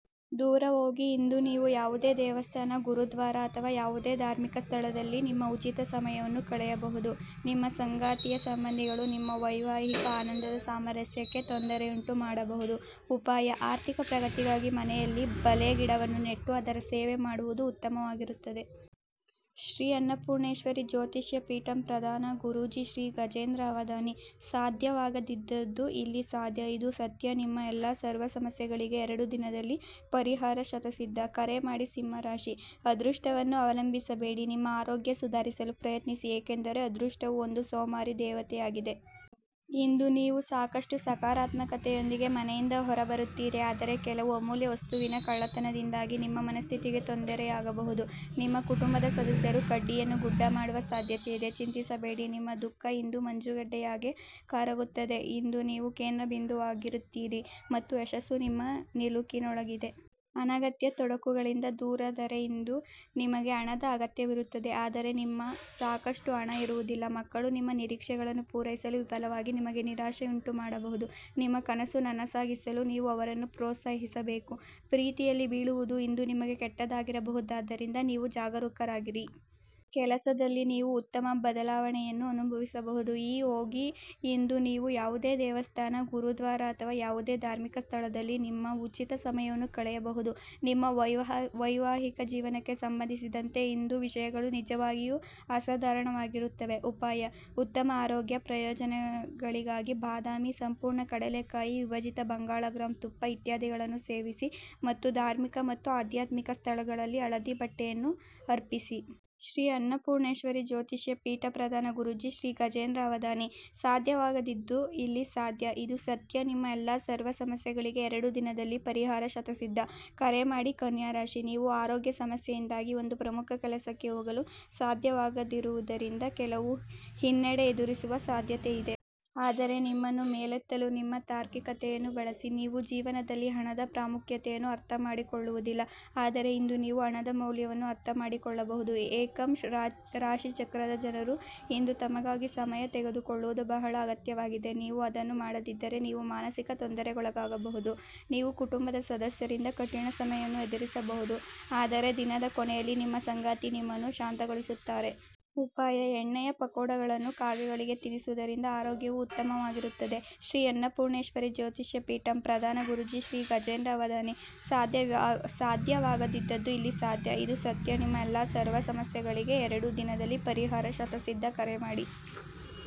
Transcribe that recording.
ದೂರ ಹೋಗಿ ಇಂದು ನೀವು ಯಾವುದೇ ದೇವಸ್ಥಾನ, ಗುರುದ್ವಾರ ಅಥವಾ ಯಾವುದೇ ಧಾರ್ಮಿಕ ಸ್ಥಳದಲ್ಲಿ ನಿಮ್ಮ ಉಚಿತ ಸಮಯವನ್ನು ಕಳೆಯಬಹುದು. ನಿಮ್ಮ ಸಂಗಾತಿಯ ಸಂಬಂಧಿಗಳು ನಿಮ್ಮ ವೈವಾಹಿಕ ಆನಂದದ ಸಾಮರಸ್ಯಕ್ಕೆ ತೊಂದರೆಯುಂಟು ಮಾಡಬಹುದು. ಉಪಾಯ:- ಆರ್ಥಿಕ ಪ್ರಗತಿಗಾಗಿ ಮನೆಯಲ್ಲಿ ಬಲೇ ಗಿಡವನ್ನು ನೆಟ್ಟು ಅದರ ಸೇವೆ ಮಾಡುವುದು ಉತ್ತಮವಾಗಿರುತ್ತದೆ. ಶ್ರೀ ಅನ್ನಪೂರ್ಣೇಶ್ವರಿ ಜ್ಯೋತಿಷ್ಯ ಪೀಠಂ ಪ್ರಧಾನ ಗುರೂಜಿ ಶ್ರೀ ಗಜೇಂದ್ರ ಅವಧಾನಿ. ಸಾಧ್ಯವಾಗದಿದ್ದದ್ದು ಇಲ್ಲಿ ಸಾಧ್ಯ. ಇದು ಸತ್ಯ ನಿಮ್ಮ ಎಲ್ಲಾ ಸರ್ವ ಸಮಸ್ಯೆಗಳಿಗೆ ಎರಡು ದಿನದಲ್ಲಿ ಪರಿಹಾರ ಶತಸಿದ್ಧ. ಕರೆ ಮಾಡಿ ಸಿಂಹ ರಾಶಿ: ಅದೃಷ್ಟವನ್ನು ಅವಲಂಬಿಸಬೇಡಿ, ನಿಮ್ಮ ಆರೋಗ್ಯ ಸುಧಾರಿಸಲು ಪ್ರಯತ್ನಿಸಿ ಏಕೆಂದರೆ ಅದೃಷ್ಟವು ಒಂದು ಸೋಮಾರಿ ದೇವತೆಯಾಗಿದೆ. ಇಂದು ನೀವು ಸಾಕಷ್ಟು ಸಕಾರಾತ್ಮಕತೆಯೊಂದಿಗೆ ಮನೆಯಿಂದ ಹೊರಬರುತ್ತೀರಿ ಆದರೆ ಕೆಲವು ಅಮೂಲ್ಯ ವಸ್ತುವಿನ ಕಳ್ಳತನದಿಂದಾಗಿ ನಿಮ್ಮ ಮನಸ್ಥಿತಿಗೆ ತೊಂದರೆಯಾಗಬಹುದು. ನಿಮ್ಮ ಕುಟುಂಬದ ಸದಸ್ಯರು ಕಡ್ಡಿಯನ್ನು ಗುಡ್ಡ ಮಾಡುವ ಸಾಧ್ಯತೆಯಿದೆ. ಚಿಂತಿಸಬೇಡಿ ನಿಮ್ಮ ದುಃಖ ಇಂದು ಮಂಜುಗಡ್ಡೆಯ ಹಾಗೆ ಕರಗುತ್ತದೆ. ಇಂದು ನೀವು ಕೇಂದ್ರಬಿಂದುವಾಗಿರುತ್ತೀರಿ ಮತ್ತು ಯಶಸ್ಸು ನಿಮ್ಮ ನಿಲುಕಿನೊಳಗಿದೆ. ಅನಗತ್ಯ ತೊಡಕುಗಳಿಂದ ದೂರ ದರೆ ಇಂದು ನಿಮಗೆ ಹಣದ ಅಗತ್ಯವಿರುತ್ತದೆ ಆದರೆ ನಿಮ್ಮ ಸಾಕಷ್ಟು ಹಣ ಇರುವುದಿಲ್ಲ. ಮಕ್ಕಳು ನಿಮ್ಮ ನಿರೀಕ್ಷೆಗಳನ್ನು ಪೂರೈಸಲು ವಿಫಲವಾಗಿ ನಿಮಗೆ ನಿರಾಶೆಯುಂಟುಮಾಡಬಹುದು. ನಿಮ್ಮ ಕನಸು ನನಸಾಗಿಸಲು ನೀವು ಅವರನ್ನು ಪ್ರೋತ್ಸಾಹಿಸಬೇಕು. ಪ್ರೀತಿಯಲ್ಲಿ ಬೀಳುವುದು ಇಂದು ನಿಮಗೆ ಕೆಟ್ಟದಾಗಿರಬಹುದಾದ್ದರಿಂದ ನೀವು ಜಾಗರೂಕರಾಗಿರಿ. ಕೆಲಸದಲ್ಲಿ ನೀವು ಉತ್ತಮ ಬದಲಾವಣೆಯನ್ನು ಅನುಭವಿಸಬಹುದು. ಈ ಹೋಗಿ ಇಂದು ನೀವು ಯಾವುದೇ ದೇವಸ್ಥಾನ, ಗುರುದ್ವಾರ ಅಥವಾ ಯಾವುದೇ ಧಾರ್ಮಿಕ ಸ್ಥಳದಲ್ಲಿ ನಿಮ್ಮ ಉಚಿತ ಸಮಯವನ್ನು ಕಳೆಯಬಹುದು. ನಿಮ್ಮ ವೈವಾಹಿಕ ಜೀವನಕ್ಕೆ ಸಂಬಂಧಿಸಿದಂತೆ ಇಂದು ವಿಷಯಗಳು ನಿಜವಾಗಿಯೂ ಅಸಾಧಾರಣವಾಗಿರುತ್ತವೆ. ಉಪಾಯ:- ಉತ್ತಮ ಅರೋಗ್ಯ ಪ್ರಯೋಜನೆಗಳಿಗಾಗಿ ಬಾದಾಮಿ, ಸಂಪೂರ್ಣ ಕಡಲೆಕಾಯಿ, ವಿಭಜಿತ ಬಂಗಾಳ ಗ್ರಾಂ ತುಪ್ಪ ಇತ್ಯಾದಿಗಳನ್ನು ಸೇವಿಸಿ ಮತ್ತು ಧಾರ್ಮಿಕ ಮತ್ತು ಆಧ್ಯಾತ್ಮಿಕ ಸ್ಥಳಗಳಲ್ಲಿ ಹಳದಿ ಬಟ್ಟೆಯನ್ನು ಅರ್ಪಿಸಿ. ಶ್ರೀ ಅನ್ನಪೂರ್ಣೇಶ್ವರಿ ಜ್ಯೋತಿಷ್ಯ ಪೀಠ, ಪ್ರಧಾನ ಗುರೂಜಿ ಶ್ರೀ ಗಜೇಂದ್ರ ಅವಧಾನಿ. ಸಾಧ್ಯವಾಗದಿದ್ದದ್ದು ಇಲ್ಲಿ ಸಾಧ್ಯ. ಇದು ಸತ್ಯ ನಿಮ್ಮ ಎಲ್ಲಾ ಸರ್ವ ಸಮಸ್ಯೆಗಳಿಗೆ ಎರಡು ದಿನದಲ್ಲಿ ಪರಿಹಾರ ಶತಸಿದ್ಧ. ಕರೆ ಮಾಡಿ ಕನ್ಯಾ ರಾಶಿ: ನೀವು ಆರೋಗ್ಯ ಸಮಸ್ಯೆಯಿಂದಾಗಿ ಒಂದು ಪ್ರಮುಖ ಕೆಲಸಕ್ಕೆ ಹೋಗಲು ಸಾಧ್ಯವಾಗದಿರುವುದರಿಂದ ಕೆಲವು ಹಿನ್ನಡೆ ಎದುರಿಸುವ ಸಾಧ್ಯತೆಯಿದೆ. ಆದರೆ ನಿಮ್ಮನ್ನು ಮೇಲೆತ್ತಲು ನಿಮ್ಮ ತಾರ್ಕಿಕತೆಯನ್ನು ಬಳಸಿ. ನೀವು ಜೀವನದಲ್ಲಿ ಹಣದ ಪ್ರಾಮುಖ್ಯತೆಯನ್ನು ಅರ್ಥಮಾಡಿಕೊಳ್ಳುವುದಿಲ್ಲ ಆದರೆ ಇಂದು ನೀವು ಹಣದ ಮೌಲ್ಯವನ್ನು ಅರ್ಥಮಾಡಿಕೊಳ್ಳಬಹುದು ಏಕಂ ರಾಶಿಚಕ್ರದ ಜನರು ಇಂದು ತಮಗಾಗಿ ಸಮಯ ತೆಗೆದುಕೊಳ್ಳುವುದು ಬಹಳ ಅಗತ್ಯವಾಗಿದೆ. ನೀವು ಅದನ್ನು ಮಾಡದಿದ್ದರೆ ನೀವು ಮಾನಸಿಕ ತೊಂದರೆಗೊಳಗಾಗಬಹುದು. ನೀವು ಕುಟುಂಬದ ಸದಸ್ಯರಿಂದ ಕಠಿಣ ಸಮಯವನ್ನು ಎದುರಿಸಬಹುದು ಆದರೆ ದಿನದ ಕೊನೆಯಲ್ಲಿ ನಿಮ್ಮ ಸಂಗಾತಿ ನಿಮ್ಮನ್ನು ಶಾಂತಗೊಳಿಸುತ್ತಾರೆ. ಉಪಾಯ:- ಎಣ್ಣೆಯ ಪಕೋಡಗಳನ್ನು ಕಾಗೆಗಳಿಗೆ ತಿನಿಸುವುದರಿಂದ ಆರೋಗ್ಯವು ಉತ್ತಮವಾಗಿರುತ್ತದೆ. ಶ್ರೀ ಅನ್ನಪೂರ್ಣೇಶ್ವರಿ ಜ್ಯೋತಿಷ್ಯ ಪೀಠಂ, ಪ್ರಧಾನ ಗುರೂಜಿ ಶ್ರೀ ಗಜೇಂದ್ರ ಅವಧಾನಿ. ಸಾಧ್ಯವಾಗದಿದ್ದದ್ದು ಇಲ್ಲಿ ಸಾಧ್ಯ. ಇದು ಸತ್ಯ ನಿಮ್ಮ ಎಲ್ಲಾ ಸರ್ವ ಸಮಸ್ಯೆಗಳಿಗೆ ಎರಡು ದಿನದಲ್ಲಿ ಪರಿಹಾರ ಶತಸಿದ್ಧ ಕರೆ ಮಾಡಿ.